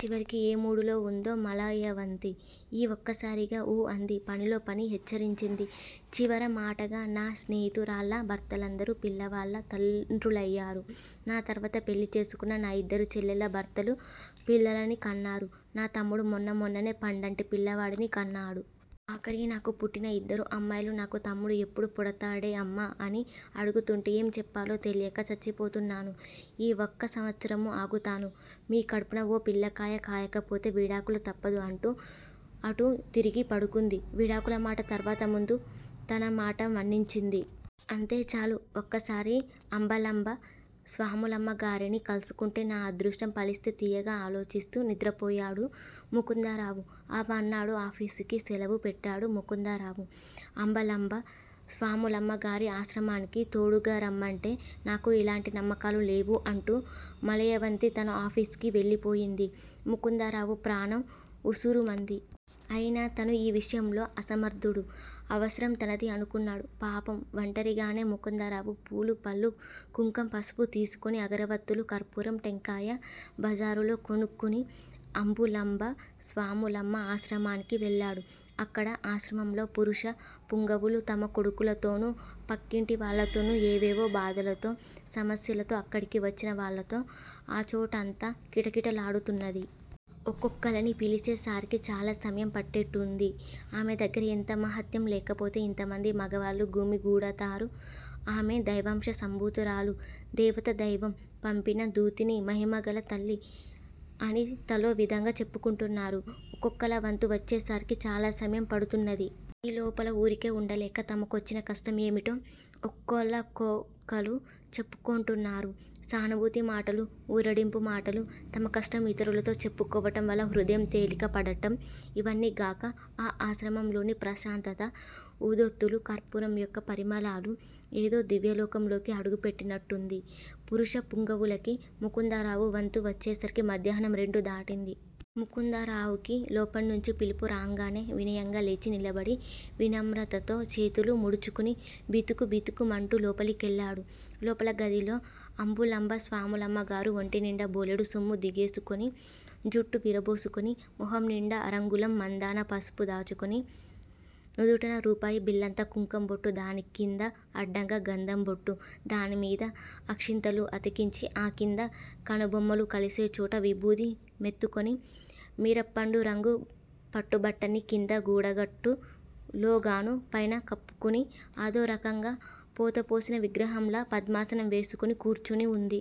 చివరికి ఏ మూడ్ లో వుందో మలయవంతి ఈ వక్కసారికి ఊ అంది పనిలో పని హెచ్చరించింది. చివర మాటగ నా స్నేహితురాళ్ళ భర్తలందరూ పిల్లవాళ్ళ తండ్రులయారు, నా తర్వాత పెళ్ళి చేసుకున్న నా ఇద్దరు చెల్లెళ్ళ భర్తలు పిల్లలని కన్నారు. నా తమ్ముడు మొన్న మొన్ననే పండంటి పిల్లవాడిని కన్నాడు. ఆఖరికి నాకు పుట్టిన ఇద్దరు అమ్మాయిలు నాకు తమ్ముడు ఎప్పుడు పుడతాడేఅమ్మా అని అడుగుతుంటే ఏం చెప్పాలో తెలియక చచ్చిపోతున్నాను. ఈ వక్క సంవత్సరము ఆగుతాను. మీ కడుపునా ఓ పిల్లకాయ కాయకపోతే విడాకులు తప్పదు అంటూ అటు తిరిగి పడుకుంది. విడాకుల మాట తర్వాత ముందు తన మాట మన్నించింది. అంతే చాలు. వక్కసారి అంబలంబ స్వాములమ్మగారిని కల్సుకుంటే నా అదృష్టం ఫలిస్తే తీయగ ఆలోచిస్తూ నిద్రపోయాడు ముకుందరావు. ఆ మర్నాడు ఆఫీసుకి శెలవు పెట్టాడు ముకుందరావు. అంబలంబ స్వాములమ్మగారి ఆశ్రమానికి తోడుగరమ్మంటే నాకు ఇలాంటి నమ్మకాలు లేవు అంటూ మలయవంతి తన ఆఫీసుకి వెళ్ళిపోయింది. ముకుందరావు ప్రాణం వుసూరుమంది. అయినా తను యీ విషయంలో అసమర్ధుడు. అవసరం తనది అనుకున్నాడు. పాపం వంటరిగానే ముకుందరావు పూలు పళ్ళు కుంకం పసుపు తీసుకుని అగరవత్తులు కర్పూరం టెంకాయ జబారులో కొనుక్కుని అంబులంబ స్వాములమ్మ ఆశ్రమానికి వెళ్ళాడు. అక్కడ. ఆశ్రమంలో పురుష పుంగవులు తమ కొడుకులతోను పక్కింటి వాళ్ళతోనూ ఏవేవో బాధలతో సమస్యలతో అక్కడికి వచ్చిన వాళ్ళతో ఆచోటఅంత కిటకిటలాడుతున్నది. ఒక్కొక్కళ్ళని పిలిచే సారికి చాలా సమయం పట్టేట్టుంది. ఆమె దగ్గర ఎంత మహాత్యం లేకపోతే ఇంతమంది మగవాళ్ళు గుమి గూడతారు. ఆమె దైవాంశ సంభూతురాలు దేవత దైవం పంపిన దూతిణి మహిమగల తల్లి. అని తలో విధంగ చెప్పుకుంటున్నారు. ఒక్కొక్కళ్ళ వంతు వచ్చేసారికి చాలా సమయం పడుతున్నది. యీ లోపల ఊరికే ఉండలేక తమకొచ్చిన కష్టం ఏమిటో ఒక్కోళ్ళకొకళ్ళు చెప్పుకొంటున్నారు. సానుభూతి మాటలు, ఊరడింపుమాటలు, తమకష్టం ఇతరులతో చెప్పుకోవటం వల్ల హృదయం తేలిక పడటం ఇవన్నీగాక ఆ ఆశ్రమంలోని ప్రశాంతత ఊదొత్తులు, కర్పూరం యొక్క పరిమళాలు ఏదో దివ్యలోకంలోకి అడుగుపెట్టినట్టుంది. పురుష పుంగవులకి. ముకుందరావు వంతు వచ్చేసరికి మధ్యాహ్నం రెండు దాటింది. ముకుందరావుకి లోపల్నించి పిలుపు రాంగానే వినయంగ లేచి నిలబడి వినమ్రతతో చేతులు ముడుచుకుని బితుకు బితుకుమంటు లోపలికెళ్ళాడు. లోపల గదిలో అంబులంబ స్వాములమ్మగారు ఒంటి నిండా బోలెడు సొమ్ము దిగేసుకొని జుట్టు విరబోసుకుని మొహంనిండా అరంగుళం మందాన పసుపు రాచుకుని నుదుటన రూపాయి బిళ్ళంత కుంకం బొట్టు దానికింద అడ్డంగ గంధంబొట్టు దానిమీద అక్షింతలు అతికించి ఆ కింద కనుబొమ్మలు కలిసేచోట విభూతి మెత్తుకొని మిరప్పండు రంగు పట్టుబట్టని కింద గూడకట్టు లోగాను పైన కప్పుకుని అదోరకంగ పోతపోసిన విగ్రహంలా పద్మాసనం వేసుకుని కూర్చుని వుంది.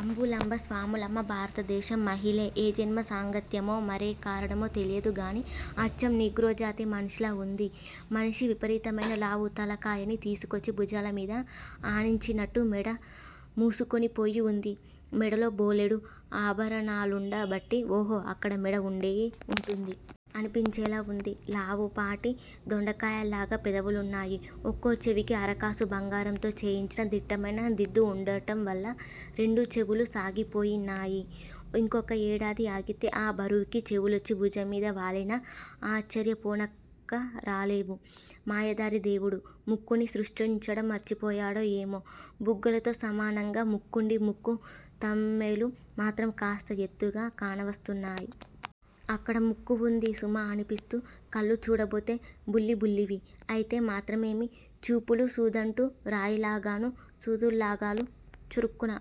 అంబులంబ స్వాములమ్మ భారతదేశం మహిళే. ఏ జన్మ సాంగత్యమో మరే కారణమో తెలియదుగాని అచ్చం నీగ్రోజాతి మనిషిలా ఉంది మనిషి విపరీతమైన లావు తల కాయని తీసుకొచ్చి భుజాల మీద ఆనించినట్టు మెడ మూసుకొని పోయి వుంది. మెడలో బోలెడు ఆభరణాలుండ బట్టి ఓహో! అక్కడ మెడ ఉండే వుంటుంది. అనిపించేలా ఉంది. లావుపాటి దొండకాయల్లాగ పెదవులున్నాయ్. ఒక్కోచెవికి అరకాసు బంగారంతో చేయించిన దిట్టమైన దిద్దు ఉండటం వల్ల రెండు చెవులూ సాగిపోయున్నాయ్. ఇంకొక్క ఏడాది ఆగితే ఆ బరువుకి చెవులొచ్చి భుజం మీద వాలినా ఆశ్చర్యపోనక్కరాలేవు. మాయదారి దేవుడు! ముక్కుని సృష్టించడం మర్చిపోయాడో ఏమో! బుగ్గలతో సమానంగ ముక్కుండి ముక్కు తమ్మెలు మాత్రం కాస్త ఎత్తుగా కానవస్తున్నాయ్. అక్కడ ముక్క వుంది సుమా అనిపిస్తూ. కళ్ళు చూడబోతే బుల్లి బుల్లివి. అయితే మాత్రమేమి? చూపులు సూదంటు రాయిలాగాను, సూదుల్లాగాలు చురుక్కున